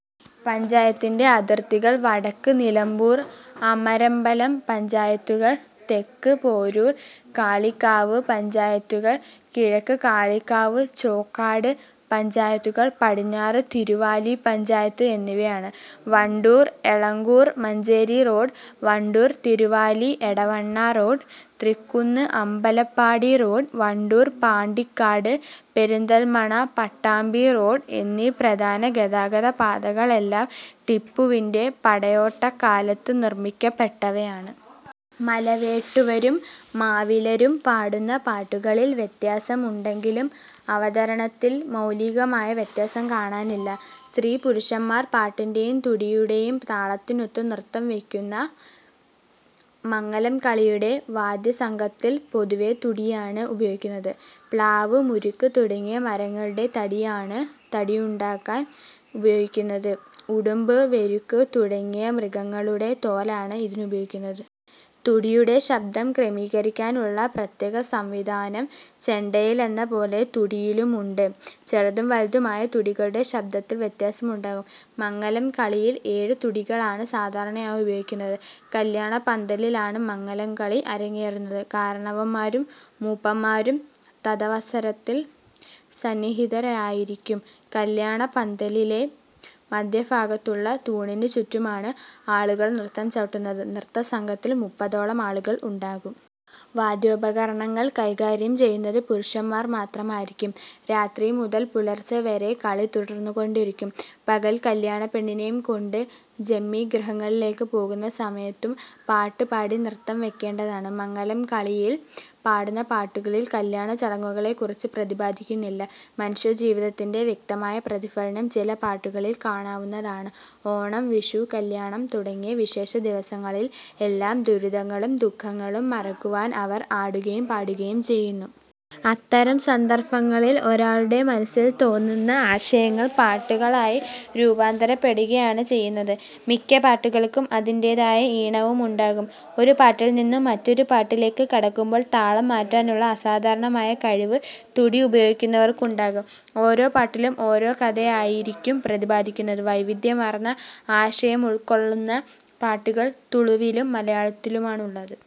പഞ്ചായത്തിന്റെ അതിർത്തികൾ വടക്ക് നിലമ്പൂർ, അമരമ്പലം പഞ്ചായത്തുകൾ, തെക്ക് പോരൂർ, കാളികാവ് പഞ്ചായത്തുകൾ, കിഴക്ക് കാളികാവ്, ചോക്കാട് പഞ്ചായത്തുകൾ, പടിഞ്ഞാറ് തിരുവാലി പഞ്ചായത്ത് എന്നിവയാണ്. Wandoor-Elankur-Manjeri road, Wandoor-Thiruvali-Edavanna road, Thrikkunnu-Ambalappadi road, Wandoor-Pandikkad, Perinthalmanna-Pattambi road എന്നീ പ്രധാന ഗതാഗതപാതകളെല്ലാം ടിപ്പുവിന്റെ പടയോട്ടക്കാലത്ത് നിർമ്മിക്കപ്പെട്ടവയാണ്. മലവേട്ടുവരും മാവിലരും പാടുന്ന പാട്ടുകളിൽ വ്യത്യാസം ഉണ്ടെങ്കിലും അവതരണത്തിൽ മൗലികമായ വ്യത്യാസം കാണാനില്ല. സ്ത്രീപുരുഷന്മാർ പാട്ടിന്റേയും തുടിയുടേയും താളത്തിനൊത്ത് നൃത്തം വെയ്ക്കുന്ന മങ്ങലംകളിയുടെ വാദ്യസംഘത്തിൽ പൊതുവേ തുടിയാണ് ഉപയോഗിക്കുന്നത്. പ്ലാവ്, മുരിക്ക് തുടങ്ങിയ മരങ്ങളുടെ തടിയാണ് തുടിയുണ്ടാക്കാൻ ഉപയോഗിക്കുന്നത്. ഉടുമ്പ്, വെരുക് തുടങ്ങിയ മൃഗങ്ങളുടെ തോലാണ് ഇതിനുപയോഗിക്കുന്നത്. തുടിയുടെ ശബ്ദം ക്രമീകരിക്കാനുള്ള പ്രത്യേക സംവിധാനം ചെണ്ടയിലെന്ന പോലെ തുടിയിലുമുണ്ട്. ചെറുതും വലുതുമായ തുടികളുടെ ശബ്ദത്തിൽ വ്യത്യാസമുണ്ടാകും. മങ്ങലംകളിയിൽ ഏഴ് തുടികളാണ് സാധാരണയായി ഉപയോഗിക്കുന്നത്. കല്യാണപന്തലിലാണ് മങ്ങലംകളി അരങ്ങേറുന്നത്. കാരണവന്മാരും മൂപ്പന്മാരും തദവസരത്തിൽ സന്നിഹിതരായിരിക്കും. കല്യാണപന്തലിലെ മധ്യഭാഗത്തുള്ള തൂണിനു ചുറ്റുമാണ് ആളുകൾ നൃത്തം ചവിട്ടുന്നത്. നൃത്തസംഘത്തിൽ മുപ്പതോളം ആളുകൾ ഉണ്ടാകും. വാദ്യോപകരണങ്ങൾ കൈകാര്യം ചെയ്യുന്നത് പുരുഷന്മാർ മാത്രമായിരിക്കും. രാത്രി മുതൽ പുലർച്ച വരെ കളി തുടർന്നുകൊണ്ടിരിക്കും. പകൽ കല്യാണപ്പെണ്ണിനേയും കൊണ്ട് ജന്മിഗൃഹങ്ങളിലേയ്ക്ക് പോകുന്ന സമയത്തും പാട്ട് പാടി നൃത്തം വയ്ക്കേണ്ടതാണ്. മങ്ങലംകളിയിൽ പാടുന്ന പാട്ടുകളിൽ കല്യാണചടങ്ങുകളെക്കുറിച്ച് പ്രതിപാദിക്കുന്നില്ല. മനുഷ്യജീവിതത്തിന്റെ വ്യക്തമായ പ്രതിഫലനം ചില പാട്ടുകളിൽ കാണാവുന്നതാണ്. ഓണം, വിഷു, കല്യാണം തുടങ്ങിയ വിശേഷ ദിവസങ്ങളിൽ എല്ലാ ദുരിതങ്ങളും ദുഃഖങ്ങളും മറക്കുവാൻ അവർ ആടുകയും പാടുകയും ചെയ്യുന്നു. അത്തരം സന്ദർഭങ്ങളിൽ ഒരാളുടെ മനസ്സിൽ തോന്നുന്ന ആശയങ്ങൾ പാട്ടുകളായി രൂപാന്തരപ്പെടുകയാണ് ചെയ്യുന്നത്. മിക്ക പാട്ടുകൾക്കും അതിന്റേതായ ഈണവും ഉണ്ടാകും. ഒരു പാട്ടിൽ നിന്നും മറ്റൊരു പാട്ടിലേക്ക് കടക്കുമ്പോൾ താളം മാറ്റാനുള്ള അസാധാരണമായ കഴിവ് തുടി ഉപയോഗിക്കുന്നവർക്ക് ഉണ്ടാകും. ഓരോ പാട്ടിലും ഓരോ കഥയായിരിക്കും പ്രതിപാദിക്കുന്നത്. വൈവിധ്യമാർന്ന ആശയമുൾക്കൊള്ളുന്ന പാട്ടുകൾ തുളുവിലും മലയാളത്തിലുമാണുള്ളത്.